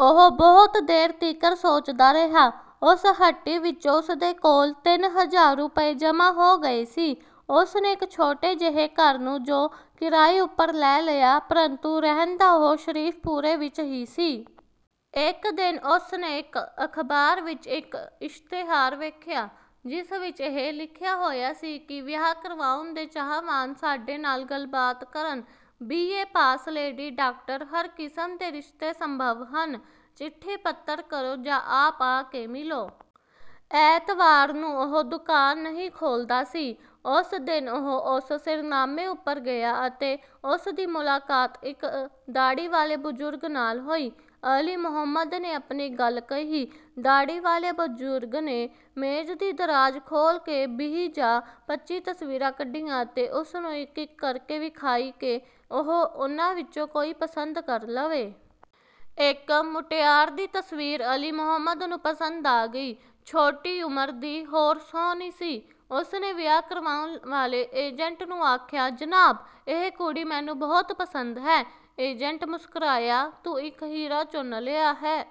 ਉਹ ਬਹੁਤ ਦੇਰ ਤੀਕਰ ਸੋਚਦਾ ਰਿਹਾ। ਉਸ ਹੱਟੀ ਵਿਚੋਂ ਉਸ ਦੇ ਕੋਲ ਤਿੰਨ ਹਜ਼ਾਰ ਰੁਪਏ ਜਮ੍ਹਾਂ ਹੋ ਗਏ ਸੀ। ਉਸ ਨੇ ਇਕ ਛੋਟੇ ਜਿਹੇ ਘਰ ਨੂੰ ਜੋ ਕਿਰਾਏ ਉਪਰ ਲੈ ਲਿਆ, ਪਰੰਤੂ ਰਹਿੰਦਾ ਉਹ ਸ਼ਰੀਫ਼ਪੁਰੇ ਵਿੱਚ ਹੀ ਸੀ। ਇਕ ਦਿਨ ਉਸ ਨੇ ਇਕ ਅਖ਼ਬਾਰ ਵਿੱਚ ਇੱਕ ਇਸ਼ਤਿਹਾਰ ਵੇਖਿਆ ਜਿਸ ਵਿੱਚ ਇਹ ਲਿਖਿਆ ਹੋਇਆ ਸੀ ਕਿ ਵਿਆਹ ਕਰਵਾਉਣ ਦੇ ਚਾਹਵਾਨ ਸਾਡੇ ਨਾਲ ਗੱਲਬਾਤ ਕਰਨ। B. A. Pass, lady doctor, ਹਰ ਕਿਸਮ ਦੇ ਰਿਸ਼ਤੇ ਸੰਭਵ ਹਨ, ਚਿੱਠੀ-ਪੱਤਰ ਕਰੋ ਜਾਂ ਆਪ ਆ ਕੇ ਮਿਲੋ। ਐਤਵਾਰ ਨੂੰ ਉਹ ਦੁਕਾਨ ਨਹੀਂ ਖੋਲ੍ਹਦਾ ਸੀ। ਉਸ ਦਿਨ ਉਹ ਉਸ ਸਿਰਨਾਮੇ ਉਪਰ ਗਿਆ ਅਤੇ ਉਸ ਦੀ ਮੁਲਾਕਾਤ ਇੱਕ ਦਾੜੀ ਵਾਲੇ ਬਜ਼ੁਰਗ ਨਾਲ ਹੋਈ। ਅਲੀ ਮੁਹੰਮਦ ਨੇ ਆਪਣੀ ਗੱਲ ਕਹੀ। ਦਾੜ੍ਹੀ ਵਾਲੇ ਬਜ਼ੁਰਗ ਨੇ ਮੇਜ਼ ਦੀ ਦਰਾਜ ਖੋਲ੍ਹ ਕੇ ਬੀਹ ਜਾਂ ਪੱਚੀ ਤਸਵੀਰਾਂ ਕੱਢੀਆਂ ਅਤੇ ਉਸ ਨੂੰ ਇੱਕ-ਇੱਕ ਕਰ ਕੇ ਵਿਖਾਈ ਕਿ ਉਹ ਉਨ੍ਹਾਂ ਵਿਚੋਂ ਕੋਈ ਪਸੰਦ ਕਰ ਲਵੇ। ਇਕ ਮੁਟਿਆਰ ਦੀ ਤਸਵੀਰ ਅਲੀ ਮੁਹੰਮਦ ਨੂੰ ਪਸੰਦ ਆ ਗਈ। ਛੋਟੀ ਉਮਰ ਦੀ ਹੋਰ ਸੋਹਣੀ ਸੀ। ਉਸ ਨੇ ਵਿਆਹ ਕਰਵਾਉਣ ਵਾਲੇ ਏਜੰਟ ਨੂੰ ਆਖਿਆ: ''ਜਨਾਬ! ਇਹ ਕੁੜੀ ਮੈਨੂੰ ਬਹੁਤ ਪਸੰਦ ਹੈ। '' ਏਜੰਟ ਮੁਸਕਰਾਇਆ,''ਤੂੰ ਇੱਕ ਹੀਰਾ ਚੁਣ ਲਿਆ ਹੈ।''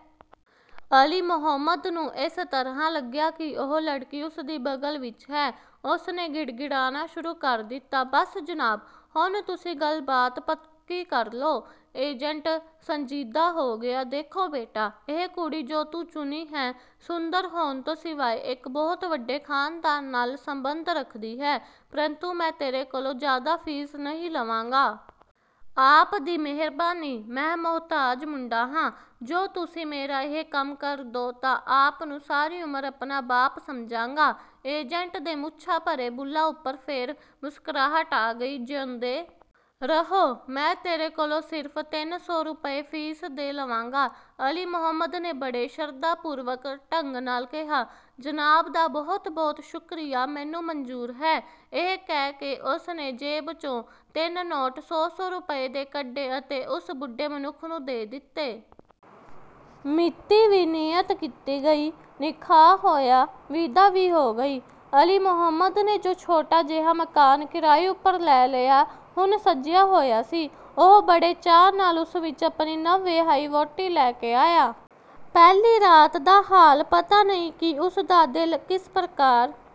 ਅਲੀ ਮੁਹੰਮਦ ਨੂੰ ਇਸ ਤਰ੍ਹਾਂ ਲਗਿਆ ਕਿ ਉਹ ਲੜਕੀ ਉਸ ਦੀ ਬਗਲ ਵਿੱਚ ਹੈ। ਉਸ ਨੇ ਗਿੜਗਿੜਾਨਾ ਸ਼ੁਰੂ ਕਰ ਦਿੱਤਾ,''ਬਸ ਜਨਾਬ। ਹੁਣ ਤੁਸੀਂਂ ਗੱਲਬਾਤ ਪੱਕੀ ਕਰ ਲਓ। ''ਏਜੰਟ ਸੰਜੀਦਾ ਹੋ ਗਿਆ,''ਦੇਖੋ ਬੇਟਾ। ਇਹ ਕੁੜੀ ਜੋ ਤੂੰ ਚੁਣੀ ਹੈ, ਸੁੰਦਰ ਹੋਣ ਤੋਂ ਸਿਵਾਇ ਇਕ ਬਹੁਤ ਵਡੇ ਖਾਨਦਾਨ ਨਾਲ ਸੰਬੰਧ ਰੱਖਦੀ ਹੈ, ਪਰੰਤੂ ਮੈਂ ਤੇਰੇ ਕੋਲੋਂ ਜ਼ਿਆਦਾ ਫ਼ੀਸ ਨਹੀਂ ਲਵਾਂਗਾ। '' ''ਆਪ ਦੀ ਮਿਹਰਬਾਨੀ। ਮੈਂ ਮੁਹਤਾਜ ਮੁੰਡਾ ਹਾਂ। ਜੋ ਤੁਸੀਂ ਮੇਰਾ ਇਹ ਕੰਮ ਕਰ ਦਿਓ ਤਾਂ ਆਪ ਨੂੰ ਸਾਰੀ ਉਮਰ ਆਪਣਾ ਬਾਪ ਸਮਝਾਂਗਾ। '' ਏਜੰਟ ਦੇ ਮੁੱਛਾਂ ਭਰੇ ਬੁੱਲ੍ਹਾਂ ਉੱਪਰ ਫੇਰ ਮੁਸਕਰਾਹਟ ਆ ਗਈ।,''ਜਿਉਂਦੇ ਰਹੋ, ਮੈਂ ਤੇਰੇ ਕੋਲੋਂ ਸਿਰਫ਼ ਤਿੰਨ ਸੌ ਰੁਪਏ ਫ਼ੀਸ ਦੇ ਲਵਾਂਗਾ। '' ਅਲੀ ਮੁਹੰਮਦ ਨੇ ਬੜੇ ਸ਼ਰਧਾ ਪੂਰਵਕ ਢੰਗ ਨਾਲ ਕਿਹਾ;'ਜਨਾਬ ਦਾ ਬਹੁਤ ਬਹੁਤ ਸ਼ੁਕਰੀਆ, ਮੈਨੂੰ ਮਨਜ਼ੂਰ ਹੈ। '' ਇਹ ਕਹਿ ਕੇ ਉਸ ਨੇ ਜੇਬ 'ਚੋਂ ਤਿੰਨ ਨੋਟ ਸੌ ਸੌ ਰੁਪਏ ਦੇ ਕੱਢੇ ਅਤੇ ਉਸ ਬੁੱਢੇ ਮਨੁੱਖ ਨੂੰ ਦੇ ਦਿੱਤੇ। ਮਿਤੀ ਵੀ ਨੀਯਤ ਕੀਤੀ ਗਈ, ਨਿਕਾਹ ਹੋਇਆ, ਵਿਦਾ ਵੀ ਹੋ ਗਈ। ਅਲੀ ਮੁਹੰਮਦ ਨੇ ਜੋ ਛੋਟਾ ਜਿਹਾ ਮਕਾਨ ਕਿਰਾਏ ਉੱਪਰ ਲੈ ਲਿਆ, ਹੁਣ ਸਜਿਆ ਹੋਇਆ ਸੀ। ਉਹ ਬੜੇ ਚਾਅ ਨਾਲ ਉਸ ਵਿੱਚ ਆਪਣੀ ਨਵ-ਵਿਆਹੀ ਵਹੁਟੀ ਲੈ ਕੇ ਆਇਆ। ਪਹਿਲੀ ਰਾਤ ਦਾ ਹਾਲ ਪਤਾ ਨਹੀਂ ਕਿ ਉਸ ਦਾ ਦਿਲ ਕਿਸ ਪ੍ਰਕਾਰ